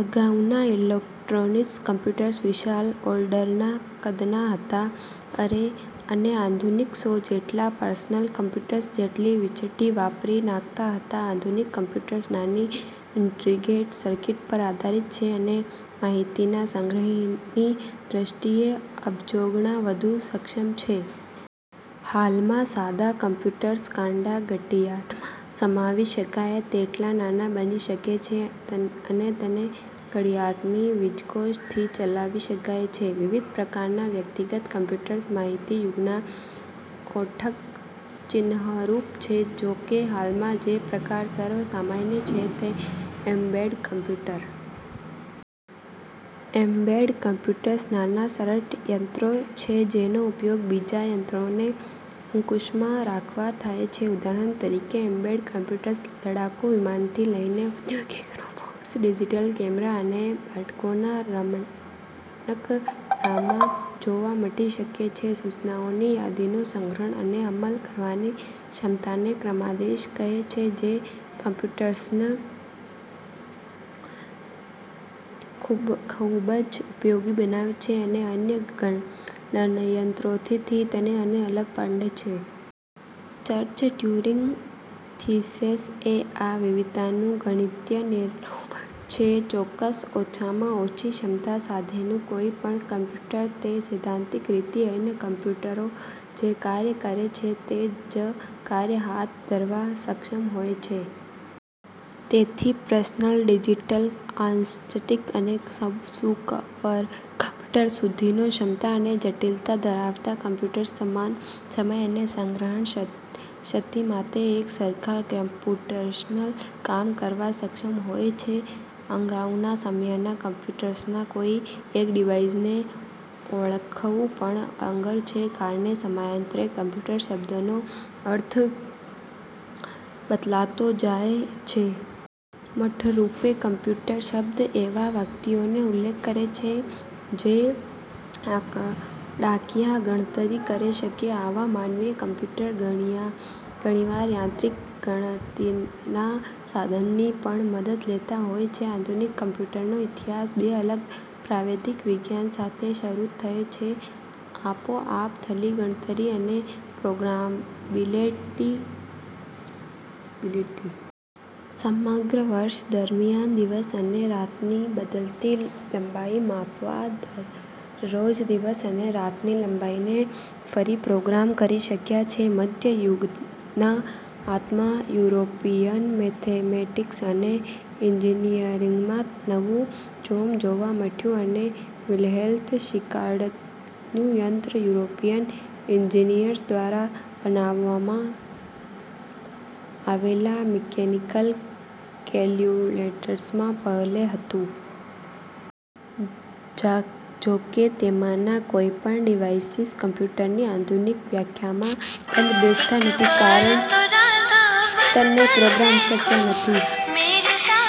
અગાઉના electronic computers વિશાળ ઓરડાના કદના હતાં, અને આધુનિક સો જેટલા પર્સનલ કમ્પ્યુટર્સ જેટલી વીજળી વાપરી નાખતા હતા. આધુનિક કમ્પ્યુટર્સ નાની ઇન્ટિગ્રેટેડ સર્કિટ પર આધારિત છે અને માહિતીના સંગ્રહની દ્રષ્ટિએ અબજોગણા વધુ સક્ષમ છે. હાલમાં, સાદા કમ્પ્યુટર્સ કાંડા ઘડિયાળમાં સમાવી શકાય તેટલા નાના બની શકે છે અને તે ઘડિયાળની વીજકોષ થી ચલાવી શકાય છે. વિવિધ પ્રકારના વ્યક્તિગત કમ્પ્યુટર્સ માહિતી યુગના ઓળખ ચિન્હોરૂપ છે, જોકે, હાલમાં જે પ્રકાર સર્વ સામાન્ય છે તે એમ્બેડેડ કમ્પ્યુટર. એમ્બેડેડ કમ્પ્યુટર્સ નાના સરળ યંત્રો છે જેનો ઉપયોગ બીજા યંત્રોને અંકુશમાં રાખવા થાય છે-ઉદાહરણ તરીકે, એમ્બેડેડ કમ્પ્યુટર્સ લડાકુ વિમાનથી લઇને ઔદ્યોગિક રોબોટ્સ, ડિજિટલ કેમેરા અને બાળકોના રમકડાંમાં જોવા મળી શકે છે. સૂચનાઓની યાદીનો સંગ્રહ અને અમલ કરવાની ક્ષમતાને ક્રમાદેશ કહે છે જે કમ્પ્યુટર્સને ખુબજ ઉપયોગી બનાવે છે અને અન્ય ગણનયંત્રોથી થી તેને અલગ પાડે છે. ચર્ચ-ટ્યુરિંગ થિસીસ એ આ વિવિધતાનું ગણીતીય નિરૂપણ છેઃ ચોક્કસ ઓછામાં ઓછી ક્ષમતા સાથેનું કોઇ પણ કમ્પ્યુટર તે સૈદ્ધાંતિક રીતે અન્ય કમ્પ્યુટરો જે કાર્ય કરે છે તે જ કાર્ય હાથ ધરવા સક્ષમ હોય છે. તેથી, પર્સનલ ડિજિટલ આસિસ્ટંટ અને સુપરકમ્પ્યુટર સુધીની ક્ષમતા અને જટિલતા ધરાવતા કમ્પ્યુટર્સ સમાન સમય અને સંગ્રહ શક્તિ સાથે એક સરખા કમ્પ્યુટેશનલ કામ કરવા સક્ષમ હોય છે. અગાઉના સમયનાં કમ્પ્યુટર્સનાં કોઇ એક ડિવાઇઝને ઓળખવુ પણ અઘરૂ છે કારણે સમયાંતરે "કમ્પ્યુટર" શબ્દનો અર્થ બદલાતો જાય છે. મૂળરૂપે, "કમ્પ્યુટર" શબ્દ એવા વ્યક્તિનો ઉલ્લેખ કરે છે જે આંકડાકીય ગણતરી કરી શકે આવા માનવીય કમ્પ્યુટર ઘણીવાર યાંત્રિક ગણતરીના સાધનની પણ મદદ લેતા હોય છે. આધુનિક કમ્પ્યુટરનો ઇતિહાસ બે અળગ પ્રાવૈધિક વિજ્ઞાન સાથે શરૂ થાય છે આપોઆપ થતી ગણતરી અને પ્રોગ્રામેબિલિટી. સમગ્ર વર્ષ દરમિયાન દિવસ અને રાતની બદલતી લંબાઇ માપવા દરરોજ દિવસ અને રાતની લંબાઇને ફરી પ્રોગ્રામ કરી શકાય છે. મધ્ય યુગના અંતમાં યુરોપિયન મેથેમેટિક્સ અને એન્જિનિયરીંગમાં નવું જોમ જોવા મળ્યું, અને વિલ્હેલ્મ શિકાર્ડનું યંત્ર યુરોપિયન એન્જિનીયર્સ દ્વારા બનાવવામાં આવેલા મિકેનિકલ કેલ્ક્યુલેટર્સમાં પહેલુ હતું. જોકે, તેમાનાં કોઇપણ ડિવાઇઝિસ કમ્પ્યુટરની આધુનિક વ્યાખ્યામાં બંધ બેસતા નથી કારણ કે તેને પ્રોગ્રામ કરી શકાતા નથી.